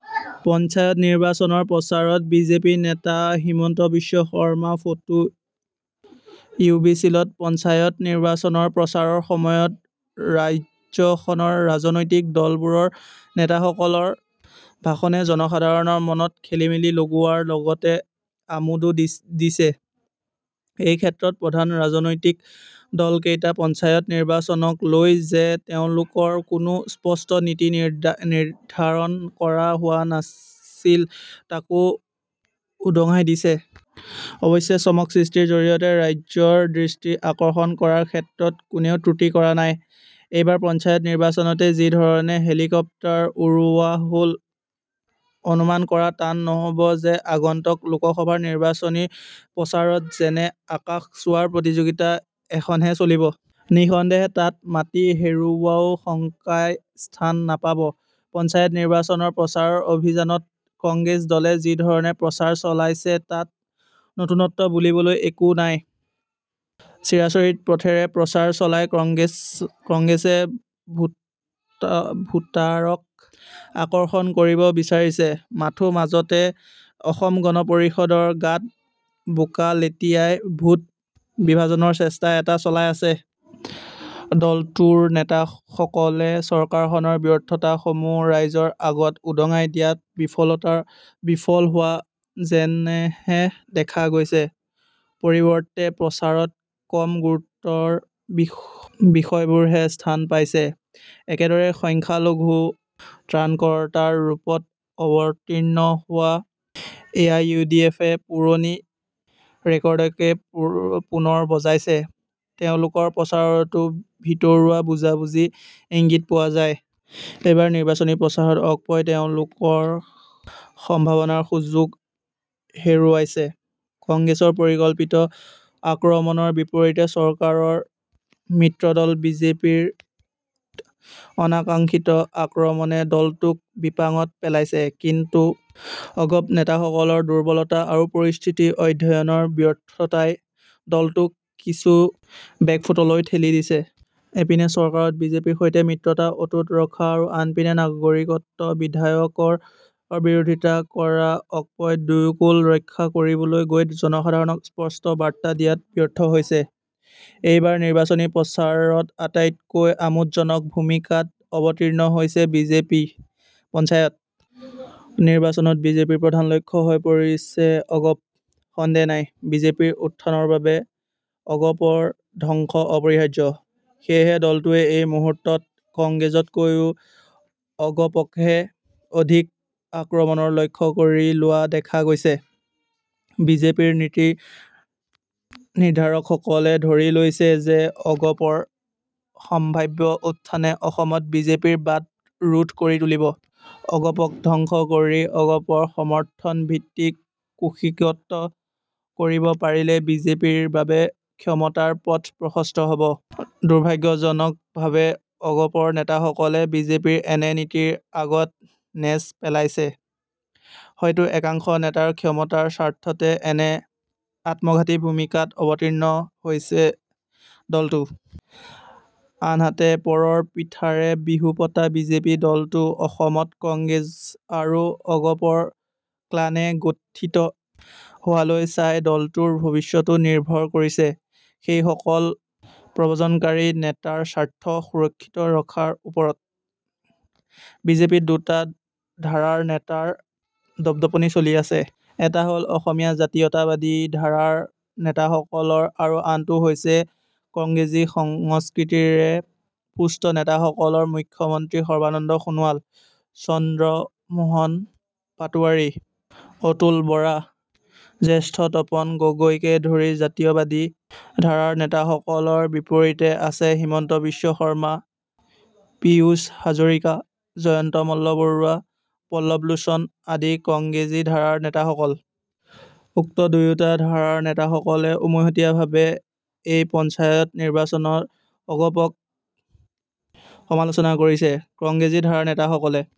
পঞ্চায়ত নিৰ্বাচনৰ প্ৰচাৰত বিজেপি নেতা হিমন্ত বিশ্ব শৰ্মা ফটো ইউ বি চলিত পঞ্চায়ত নিৰ্বাচনৰ প্ৰচাৰৰ সময়ত ৰাজ্যখনৰ ৰাজনৈতিক দলবোৰৰ নেতাসকলৰ ভাষণে জনসাধাৰণৰ মনত খেলিমেলি লগোৱাৰ লগতে আমোদো দিছে। এইক্ষেত্ৰত প্ৰধান ৰাজনৈতিক দলকেইটাৰ পঞ্চায়ত নিৰ্বাচনক লৈ যে তেওঁলোকৰ কোনো স্পষ্ট নীতি নিৰ্দ্ধাৰণ কৰা হোৱা নাছিল তাকো উদঙাই দিছে। অৱশ্যে চমক সৃষ্টিৰ জৰিয়তে ৰাইজৰ দৃষ্টি আকৰ্ষণ কৰাৰ ক্ষেত্ৰত কোনেও ত্ৰুটি কৰা নাই। এইবাৰ পঞ্চায়ত নিৰ্বাচনতে যিধৰণে হেলিকপ্টাৰ উৰুওৱা হ'ল, অনুমান কৰা টান নহব যে আগন্তুক লোকসভাৰ নিৰ্বাচনী প্ৰচাৰত যেন আকাশ চুৱাৰ প্ৰতিযোগিতা এখনহে চলিব। নিসন্দেহে তাত মাটি হেৰুওৱাৰ শংকাই স্থান নাপাব। পঞ্চায়ত নিৰ্বাচনৰ প্ৰচাৰ অভিযানত কংগ্ৰেছ দলে যিধৰণে প্ৰচাৰ চলাইছে তাত নতুনত্ব বুলিবলৈ একো নাই। চিৰাচৰিত প্ৰথাৰে প্ৰচাৰ চলাই কংগ্ৰেছে ভোটাৰক আকৰ্ষণ কৰিব বিচাৰিছে, মাথোঁ মাজতে অসম গণ পৰিষদৰ গাত বোকা লেটিয়াই ভোট বিভাজনৰ চেষ্টা এটা চলাই আছে। দলটোৰ নেতাসকলে চৰকাৰখনৰ ব্যৰ্থতাসমূহ ৰাইজৰ আগত উদঙাই দিয়াত বিফল হোৱা যেনহে দেখা গৈছে, পৰিৱৰ্তে প্ৰচাৰত কম গুৰুত্বৰ বিষয়বোৰেহে স্থান পাইছে। একেদৰে সংখ্যালঘুৰ ত্ৰাণকৰ্তাৰ ৰূপত অৱতীৰ্ণ হোৱা এআইয়ুডিএফে পুৰণি ৰেকৰ্ডকে পুনৰ বজাইছে, তেওঁলোকৰ প্ৰচাৰতো ভিতৰুৱা বুজাবুজি ইংগিত পোৱা যায়। এইবাৰ নিৰ্বাচনী প্ৰচাৰত অগপই তেওঁলোকৰ সম্ভাৱনাৰ সুযোগ হেৰুৱাইছে। কংগ্ৰেছৰ পৰিকল্পিত আক্ৰমণৰ বিপৰীতে চৰকাৰৰ মিত্ৰদল বিজেপিৰ অনাকাংখিত আক্ৰমণে দলটোক বিপাঙত পেলাইছে কিন্তু অগপ নেতাসকলৰ দুৰ্বলতা আৰু পৰিস্থিতি অধ্যয়নৰ ব্যৰ্থতাই দলটোক কিছু বেকফুটলৈ ঠেলি দিছে। এপিনে চৰকাৰত বিজেপিৰ সৈতে মিত্ৰতা অটুট ৰখা আৰু আনপিনে নাগৰিকত্ব বিধেয়কৰ বিৰোধিতা কৰা অগপই দুয়োকূল ৰক্ষা কৰিবলৈ গৈ জনসাধাৰণক স্পষ্ট বাৰ্তা দিয়াত ব্যৰ্থ হৈছে। এইবাৰ নিৰ্বাচনী প্ৰচাৰত আটাইতকৈ আমোদজনক ভূমিকাত অৱতীৰ্ণ হৈছে বিজেপি ।পঞ্চায়ত নিৰ্বাচনত বিজেপিৰ প্ৰধান লক্ষ্য হৈ পৰিছে অগপ। সন্দেহ নাই, বিজেপিৰ উত্থানৰ বাবে অগপৰ ধ্বংস অপৰিহাৰ্য। সেয়ে দলটোৱে এই মুহূৰ্তত কংগ্ৰেছতকৈয়ো অগপকহে অধিক আক্ৰমণৰ লক্ষ্য কৰি লোৱা দেখা গৈছে। বিজেপিৰ নীতি নিৰ্দ্ধাৰকসকলে ধৰি লৈছে যে অগপৰ সম্ভাৱ্য উত্থানে অসমত বিজেপিৰ বাট ৰুদ্ধ কৰি তুলিব। অগপক ধ্বংস কৰি অগপৰ সমৰ্থন ভিত্তি কুক্ষিগত কৰিব পাৰিলেই বিজেপিৰ বাবে ক্ষমতাৰ পথ প্ৰশস্ত হ'ব। দুৰ্ভাগ্যজনকভাৱে অগপৰ নেতাসকলে বিজেপিৰ এনে নীতিৰ আগত নেজ পেলাইছে। হয়তো একাংশ নেতাৰ ক্ষমতাৰ স্বাৰ্থতে এনে আত্মঘাতী ভূমিকাত অৱতীৰ্ণ হৈছে দলটো। আনহাতে পৰৰ পিঠাৰে বিহু পতা বিজেপি দলটো অসমত কংগ্ৰেছ আৰু অগপৰ ক্লনে গঠিত হোৱালৈ চাই দলটোৰ ভৱিষ্যতো নিৰ্ভৰ কৰিছে সেইসকল প্ৰব্ৰজনকাৰী নেতাৰ স্বাৰ্থ সুৰক্ষিত ৰখাৰ ওপৰত। বিজেপিত দুটা ধাৰাৰ নেতাৰ দপদপনি চলি আছে। এটা হল অসমীয়া জাতীয়তাবাদী ধাৰাৰ নেতাসকলৰ আৰু আনটো হৈছে কংগ্ৰেছী সংস্কৃতিৰে পুষ্ট নেতাসকলৰ মুখ্য মন্ত্ৰী সৰ্বানন্দ সোণোৱাল, চন্দ্ৰ মোহন পাটোৱাৰী, অতুল বৰা, জ্যেষ্ঠ তপন গগৈকে ধৰি জাতীয়তাবাদী ধাৰাৰ নেতাসকলৰ বিপৰীতে আছে হিমন্ত বিশ্ব শৰ্মা, পীযুষ হাজৰিকা, জয়ন্ত মল্ল বৰুৱা, পল্লৱ লোচন আদি কংগ্ৰেছী ধাৰাৰ নেতাসকল। উক্ত দুয়োটা ধাৰাৰ নেতাসকলে উমৈহতীয়াভাৱে এই পঞ্চায়ত নিৰ্বাচনত অগপক সমালোচনা কৰিছে। কংগ্ৰেছী ধাৰাৰ নেতাসকলে